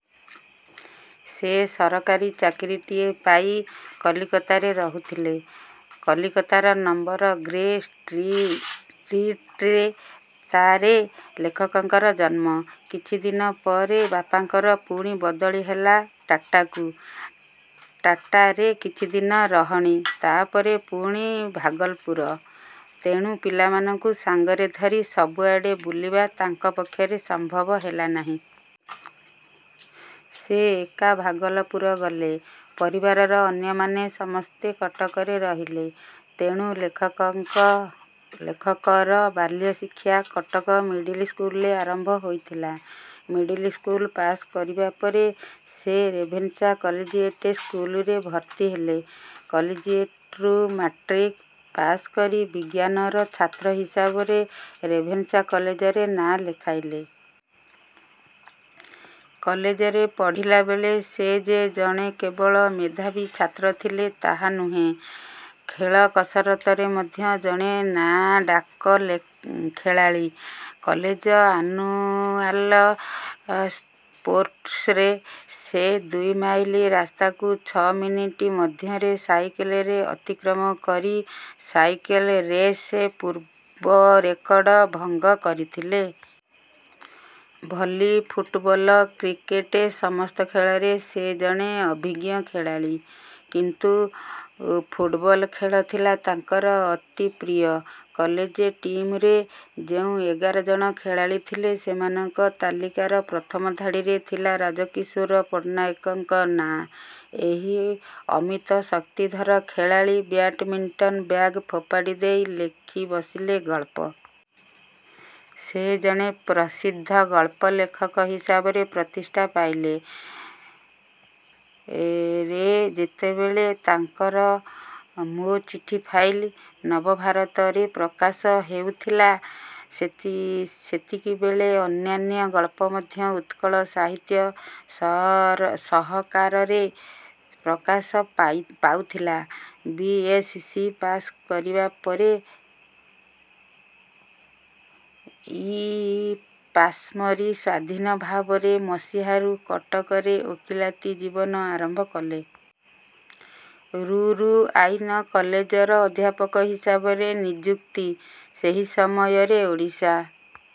ସେ ସରକାରୀ ଚାକିରିଟିଏ ପାଇ କଲିକତାରେ ରହୁଥିଲେ। କଲିକତାର ନମ୍ବର ଗ୍ରେ–ଷ୍ଟ୍ରିଟ୍ରେ ତା –– ରେ ଲେଖକଙ୍କର ଜନ୍ମ। କିଛିଦିନ ପରେ ବାପାଙ୍କର ପୁଣି ବଦଳି ହେଲା ଟାଟାକୁ-। ଟାଟାରେ କିଛିଦିନ ରହଣି, ତା ପରେ ପୁଣି ଭାଗଲପୁର। ତେଣୁ ପିଲାମାନଙ୍କୁ ସାଙ୍ଗରେ ଧରି ସବୁଆଡ଼େ ବୁଲିବା ତାଙ୍କ ପକ୍ଷରେ ସମ୍ଭବ ହେଲା ନାହିଁ। ସେ ଏକା ଭାଗଲପୁର ଗଲେ-। ପରିବାରର ଅନ୍ୟମାନେ ସମସ୍ତେ କଟକରେ ରହିଲେ। ତେଣୁ ଲେଖକର ବାଲ୍ୟଶିକ୍ଷା କଟକ ମିଡ଼ିଲ୍ ସ୍କୁଲରେ ଆରମ୍ଭ ହୋଇଥିଲା। ମିଡ଼ିଲ୍ ସ୍କୁଲ୍ ପାଶ୍ କରିବା ପରେ ସେ ରେଭେନ୍ସା କଲିଜିଏଟ୍ ସ୍କୁଲରେ ଭର୍ତ୍ତି ହେଲେ। କଲିଜିଏଟ୍ରୁ ମ୍ୟାଟ୍ରିକ୍ ପାଶ୍କରି ବିଜ୍ଞାନର ଛାତ୍ର ହିସାବରେ ରେଭେନ୍ସା କଲେଜରେ ନାଆଁ ଲେଖାଇଥିଲେ। କଲେଜରେ ପଢ଼ିଲା ବେଳେ ସେ ଯେ ଜଣେ କେବଳ ମେଧାବୀ ଛାତ୍ର ଥିଲେ ତାହା ନୁହେଁ; ଖେଳକସରତରେ ମଧ୍ୟ ଜଣେ ନାଆଁ ଡାକ ଖେଳାଳୀ-। କଲେଜ ଆନୁଏଲ ସ୍ପୋର୍ଟସରେ ସେ ଦୁଇ ମାଇଲ ରାସ୍ତାକୁ ଛଅ ମିନିଟ୍ ମଧ୍ୟରେ ସାଇକେଲରେ ଅତିକ୍ରମ କରି ସାଇକେଲ ରେସ୍ରେ ପୂର୍ବ ରେକର୍ଡ଼ ଭଙ୍ଗ କରିଥିଲେ। ଭଲି, ଫୁଟବଲ୍, କ୍ରିକେଟ୍ ସମସ୍ତ ଖେଳରେ ସେ ଜଣେ ଅଭିଜ୍ଞ ଖେଳାଳୀ; କିନ୍ତୁ ଫୁଟ୍ବଲ ଖେଳ ଥିଲା ତାଙ୍କର ଅତି ପ୍ରିୟ। କଲେଜ ଟିମ୍ରେ ଯେଉଁ ଏଗାର ଜଣ ଖେଳାଳୀ ଥିଲେ ସେମାନଙ୍କ ତାଲିକାର ପ୍ରଥମ ଧାଡ଼ିରେ ଥିଲା ରାଜକିଶୋର ପଟ୍ଟନାୟକଙ୍କ ନାଆଁ। ଏହି ଅମିତ ଶକ୍ତିଧର ଖେଳାଳୀ ବ୍ୟାଡ଼୍ମିଣ୍ଟନର ବ୍ୟାଟ ଫୋପାଡ଼ି ଦେଇ ଲେଖି ବସିଲେ ଗଳ୍ପ। ସେ ଜଣେ ପ୍ରସିଦ୍ଧ ଗଳ୍ପ ଲେଖକ ହିସାବରେ ପ୍ରତିଷ୍ଠା ପାଇଲେ। ରେ ଯେତେବେଳେ ତାଙ୍କର 'ମୋ ଚିଠି ଫାଇଲ' 'ନବଭାରତ'ରେ ପ୍ରକାଶିତ ହେଉଥିଲା, ସେତିକିବେଳେ ଅନ୍ୟାନ୍ୟ ଗଳ୍ପ ମଧ୍ୟ 'ଉତ୍କଳ ସାହିତ୍ୟ', 'ସହକାର'ରେ ପ୍ରକାଶ ପାଉଥିଲା। ବି. ଏସ୍. ସି. ପାଶ୍ କରିବା ପରେ 'ଲ' ପାଶ୍କରି ସ୍ୱାଧୀନ ଭାବରେ ମସିହାରୁ କଟକରେ ଓକିଲାତି ଜୀବନ ଆରମ୍ଭ କଲେ। ରୁ, ରୁ ଆଇନ କଲେଜର ଅଧ୍ୟାପକ ହିସାବରେ ନିଯୁକ୍ତି। ସେହି ସମୟରେ ଓଡ଼ିଶା